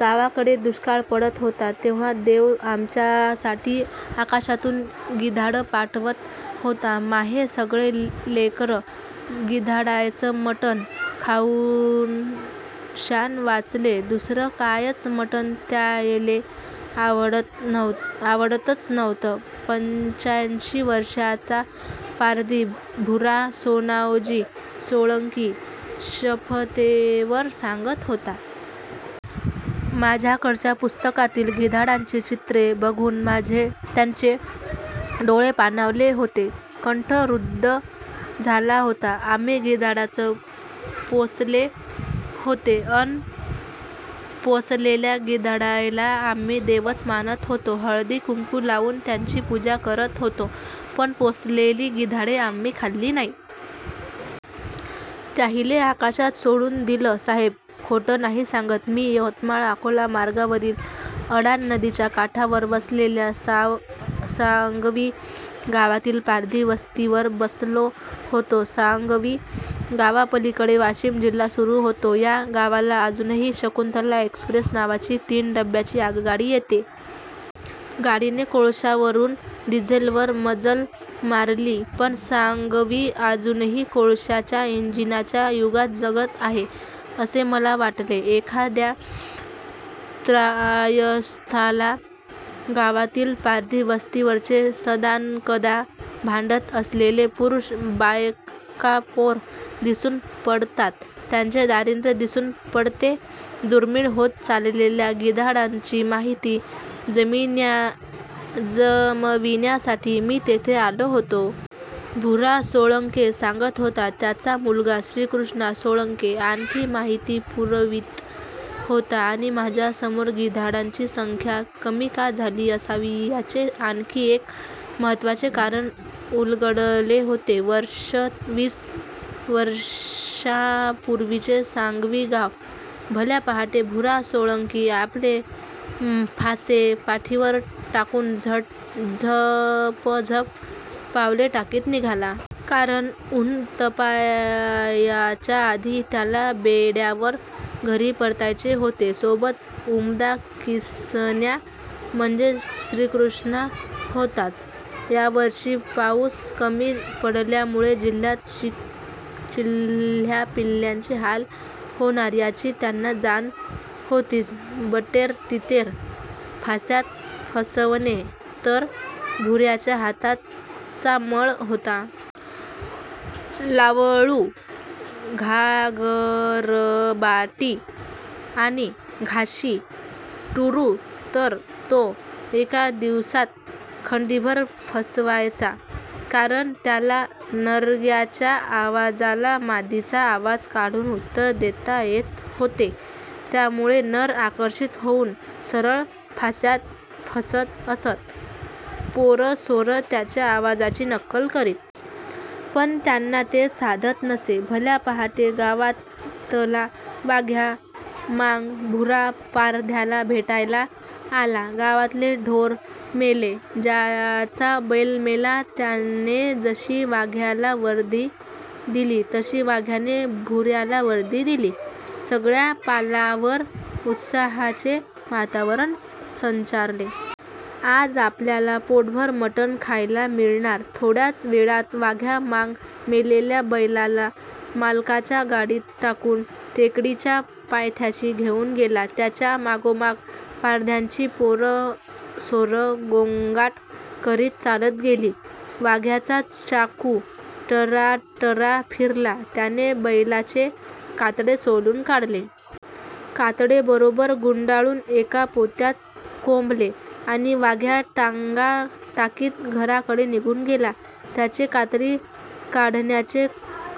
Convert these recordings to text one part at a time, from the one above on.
गावाकडे दुष्काळ पडत होता तेव्हा देव आमच्यासाठी आकाशातून गिधाडं पाठवत होता. माहे सगळे लेकरं गिधाडायचं मटण खाऊनशान वाचले. दुसरं कायचं मटण त्यायले आवडतच नव्हतं. पंच्याऐंशी वर्षांचा पारधी भुरा सोनावजी सोळंकी शपथेवर सांगत होता. माझ्याकडच्या पुस्तकातील गिधाडांची चित्रे बघुन त्याचे डोळे पाणावले होते. कंठ रुद्ध झाला होता. आम्ही गिधाडं पोसले होते अन पोसलेल्या गिधाडायला आमी देवच मानत होतो. हळदकुंकू लावून त्यांची पूजा करत होतो. पण पोसलेली गिधाडे आम्ही खाल्ली नाही. त्याहिले आकाशात सोडून दिलं साहेब. खोटं नाही सांगत. मी यवतमाळ अकोला मार्गावरील अडाण नदीच्या काठावर वसलेल्या सांगवी गावातील पारधी वस्तीवर बसलो होतो. सांगवी गावापलीकडे वाशिम जिल्हा सुरू होतो. या गावाला अजूनही शकुंतला एक्सप्रेस नावाची तीन डब्याची आगगाडी येते. गाडीने कोळशावरून डिझेलवर मजल मारली पण सांगवी अजूनही कोळशाच्या इंजिनच्या युगात जगत आहे असे मला वाटले. एखाद्या त्रयस्थाला गावातील पारधी वस्तीवरचे सदानकदा भांडत असलेले पुरुष बायकापोरं दिसून पडतात. त्यांचे दारिद्र्य दिसून पडते. दुर्मिळ होत चाललेल्या गिधाडांची माहिती जमविण्यासाठी मी येथे आलो होतो. भुरा सोळंके सांगत होता. त्याचा मुलगा श्रीकृष्णा सोळंके आणखी माहिती पुरवीत होता. आणि माझ्यासमोर गिधाडांची संख्या कमी का झाली असावी याचे आणखी एक महत्त्वाचे कारण उलगडले गेले! वर्ष. वीस वर्षांपूर्वीचे सांगवी गाव. भल्या पहाटे भुरा सोळंकी आपले फासे पाठीवर टाकून झपझप पावले टाकीत निघाला. कारण उन्हं तापायाच्या आधी त्याला बेड्यावर घरी परतायचे होते. सोबत उमदा कीसन्या म्हणजे श्रीकृष्णा होताच. यावर्षी पाऊस कमी पडल्यामुळे जिल्ह्यात चिल्ल्यापाल्यांचे हाल होणार याची त्यांना जाण होतीच. बटेर, तितरे फास्यात फसवणे तर भुराच्या हातचा मळ होता. लावळू, घागरबाटी आणि घाशी टुरु तर तो एका दिवसात खंडीभर फसवायचा. कारण त्याला नरग्याच्या आवाजाला मादीचा आवाज काढून उत्तर देता येत होते. त्यामुळे नर आकर्षित होऊन सरळ फास्यात फसत असत. पोरंसोरं त्याच्या आवाजाची नक्कल करीत. पण त्यांना ते साधत नसे. भल्या पहाटे गावातला वाघ्या मांग भुरा पारध्याला भेटायला आला. गावातले ढोर मेलेय. ज्याचा बैल मेला त्याने जशी वाघ्याला वर्दी दिली तशी वाघ्याने भुराला वर्दी दिली. सगळ्या पालावर उत्साहाचे वातावरण संचारले. आज आपल्याला पोटभर मटन खायला मिळणार. थोड्याच वेळात वाघ्या मांग मेलेल्या बैलाला मालकाच्या गाडीत टाकून टेकडीच्या पायथ्याशी घेऊन गेला. त्याच्या मागोमाग पारध्यांची पोरंसोरं गोंगाट करीत चालत गेली. वाघ्याचा चाकू टराटरा फिरला. त्याने बैलाचे कातडे सोलून काढले. कातडे बरोबर गुंडाळून एका पोत्यात कोंबले आणि वाघ्या टांगा टाकीत घराकडे निघून गेला. त्याचे कातडी काढण्याचे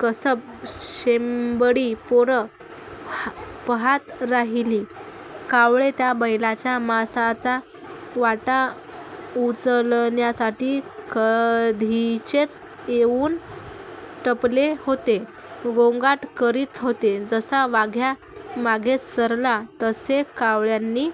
कसब शेंबडी पोरं पहात राहिली. कावळे त्या बैलाच्या मांसाचा वाटा उचलण्यासाठी कधीचेच येऊन टपले होते. गोंगाट करीत होते. जसा वाघ्या मागे सरला तसे कावळ्यांनी